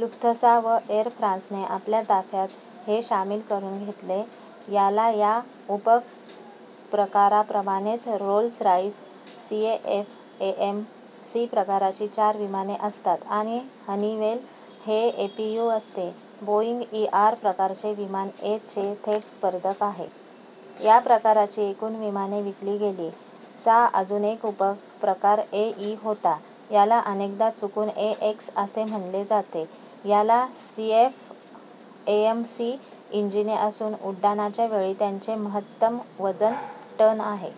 Lufthansa व Air फ्रांसने आपल्या ताफ्यात हे शामिल करून घेतले. याला - या उपप्रकाराप्रमाणेच रोल्स रॉइस सीएफएम - सी प्रकारची चार विमाने असतात आणि हनिवेल - हे एपीयू असते. बोईंग - ईआर प्रकारचे विमान ए - चे थेट स्पर्धक आहे. या प्रकारची एकूण विमाने विकली गेली. - चा अजून एक उपप्रकार ए - ई होता. याला अनेकदा चुकून ए- - एक्स असे म्हणले जाते. याला सीएफएम - सी इंजिने असून उड्डाणाचे वेळी त्याचे महत्तम वजन टन आहे.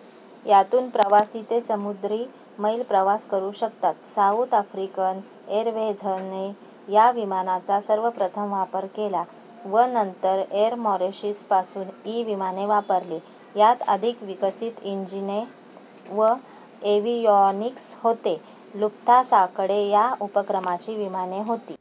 यातून प्रवासी ते समुद्री मैल प्रवास करू शकतात. साउथ आफ्रिकन एरवेझने या विमानाचा सर्वप्रथम वापर केला व नंतर एर मॉरिशसने पासून - ई विमाने वापरली. यांत अधिक विकसित इंजने व एव्हियॉनिक्स होते. लुफ्तांसाकडे या उपप्रकाराची विमाने होती.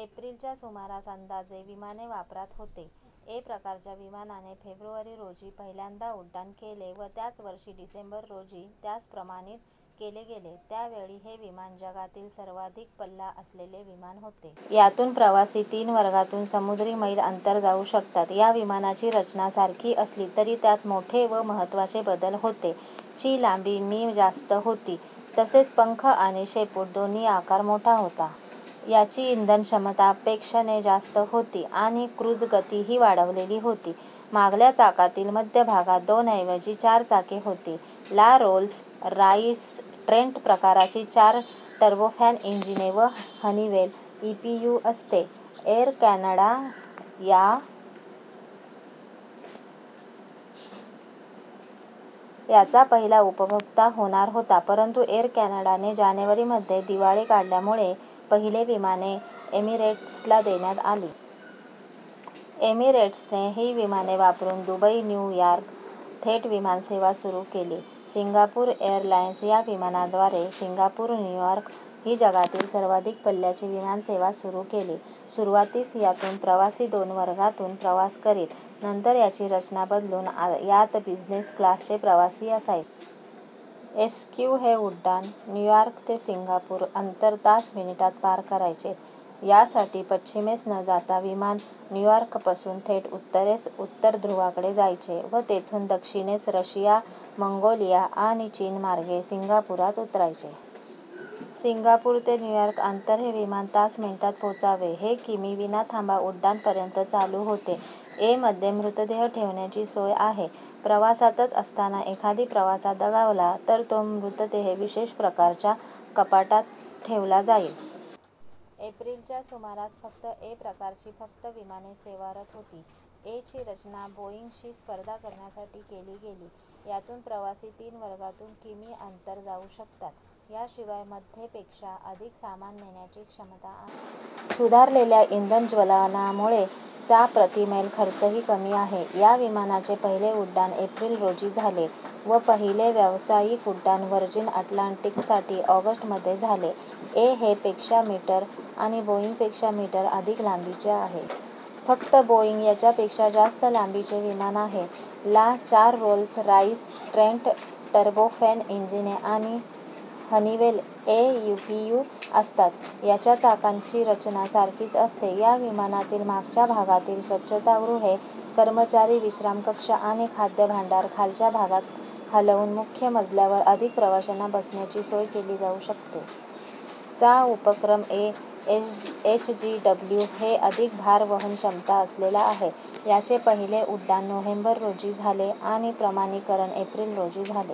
एप्रिल च्या सुमारास अंदाजे - विमाने वापरात होती. ए - प्रकारच्या विमानाने फेब्रुवारी, रोजी पहिल्यांदा उड्डाण केले व त्याच वर्षी डिसेंबर रोजी त्यास प्रमाणित केले गेले. त्यावेळी हे विमान जगातील सर्वाधिक पल्ला असलेले विमान होते. यातून प्रवासी तीन वर्गांतून समुद्री मैल अंतर जाऊ शकतात. या विमानाची रचना - सारखी असली तरी त्यात मोठे व महत्त्वाचे बदल होते. - ची लांबी. मी जास्त होती तसेच पंख आणि शेपूट दोन्हीचा आकार मोठा होता. याची इंधनक्षमता - पेक्ष ने जास्त होती आणि क्रुझगतीही वाढवलेली होती. मागल्या चाकांतील मध्यभागात दोनऐवजी चार चाके होती. - ला रोल्स रॉइस ट्रेंट प्रकारची चार टर्बोफॅन इंजिने व हनिवेल - एपीयू असते. एर कॅनडा याचा पहिला उपभोक्ता होणार होता परंतु एर कॅनडाने जानेवारी मध्ये दिवाळे काढल्यामुळे पहिली विमाने एमिरेट्सला देण्यात आली. एमिरेट्सने ही विमाने वापरून दुबई न्यू यॉर्क थेट विमानसेवा सुरू केली. सिंगापूर एरलाइन्सने या विमानाद्वारे सिंगापूर न्यूअर्क ही जगातील सर्वाधिक पल्ल्याची विमानसेवा सुरू केली. सुरुवातीस यातून प्रवासी दोन वर्गांतून प्रवास करीत. नंतर याची रचना बदलून यात बिझनेस क्लासचे प्रवासी असायचे. एसक्यू हे उड्डाण न्यूअर्क ते सिंगापूर अंतर तास मिनिटांत पार करायचे. यासाठी पश्चिमेस न जाता विमान न्यूअर्कपासून थेट उत्तरेस उत्तर ध्रुवाकडे जायचे व तेथून दक्षिणेस रशिया, मंगोलिया आणि चीन मार्गे सिंगापूरात उतरायचे. सिंगापूर ते न्यूअर्क अंतर हे विमान तास मिनिटांत पोचायचे. हे किमी विनाथांबा उड्डाण पर्यंत चालू होते. ए - मध्ये मृतदेह ठेवण्याची सोय आहे. प्रवासातच असताना एखादा प्रवासी दगावला तर तो मृतदेह विशेष प्रकारच्या कपाटात ठेवला जाईल. एप्रिल च्या सुमारास फक्त ए - प्रकारची फक्त विमाने सेवारत होती. ए - ची रचना बोईंग शी स्पर्धा करण्यासाठी केली गेली. यातून प्रवासी तीन वर्गांतून किमी अंतर जाऊ शकतात. याशिवाय - मध्ये पेक्षा अधिक सामान नेण्याची क्षमता आहे. सुधारलेल्या इंधनज्वलनामुळे - चा प्रतिमैल खर्चही कमी आहे. या विमानाचे पहिले उड्डाण एप्रिल, रोजी झाले व पहिले व्यावसायिक उड्डाण व्हर्जिन अटलांटिकसाठी ऑगस्ट मध्ये झाले. ए - हे - पेक्षा मीटर आणि बोईंग पेक्षा मीटर अधिक लांबीचे आहे. फक्त बोईंग - याच्यापेक्षा जास्त लांबीचे विमान आहे. - ला चार रोल्स रॉइस ट्रेंट टर्बोफॅन इजिने आणि हनिवेल - ए एपीयू असतात. याच्या चाकांची रचना - सारखीच असते. या विमानातील मागच्या भागातील स्वच्छतागृहे, कर्मचारी विश्रामकक्ष आणि खाद्यभांडार खालच्या भागात हलवून मुख्य मजल्यावर अधिक प्रवाशांना बसण्याची सोय केली जाऊ शकते. - चा उपप्रकार ए - एचजीडब्ल्यू हे अधिक भारवहन क्षमता असलेला आहे. याचे पहिले उड्डाण नोव्हेंबर, रोजी झाले आणि प्रमाणीकरण एप्रिल, रोजी झाले.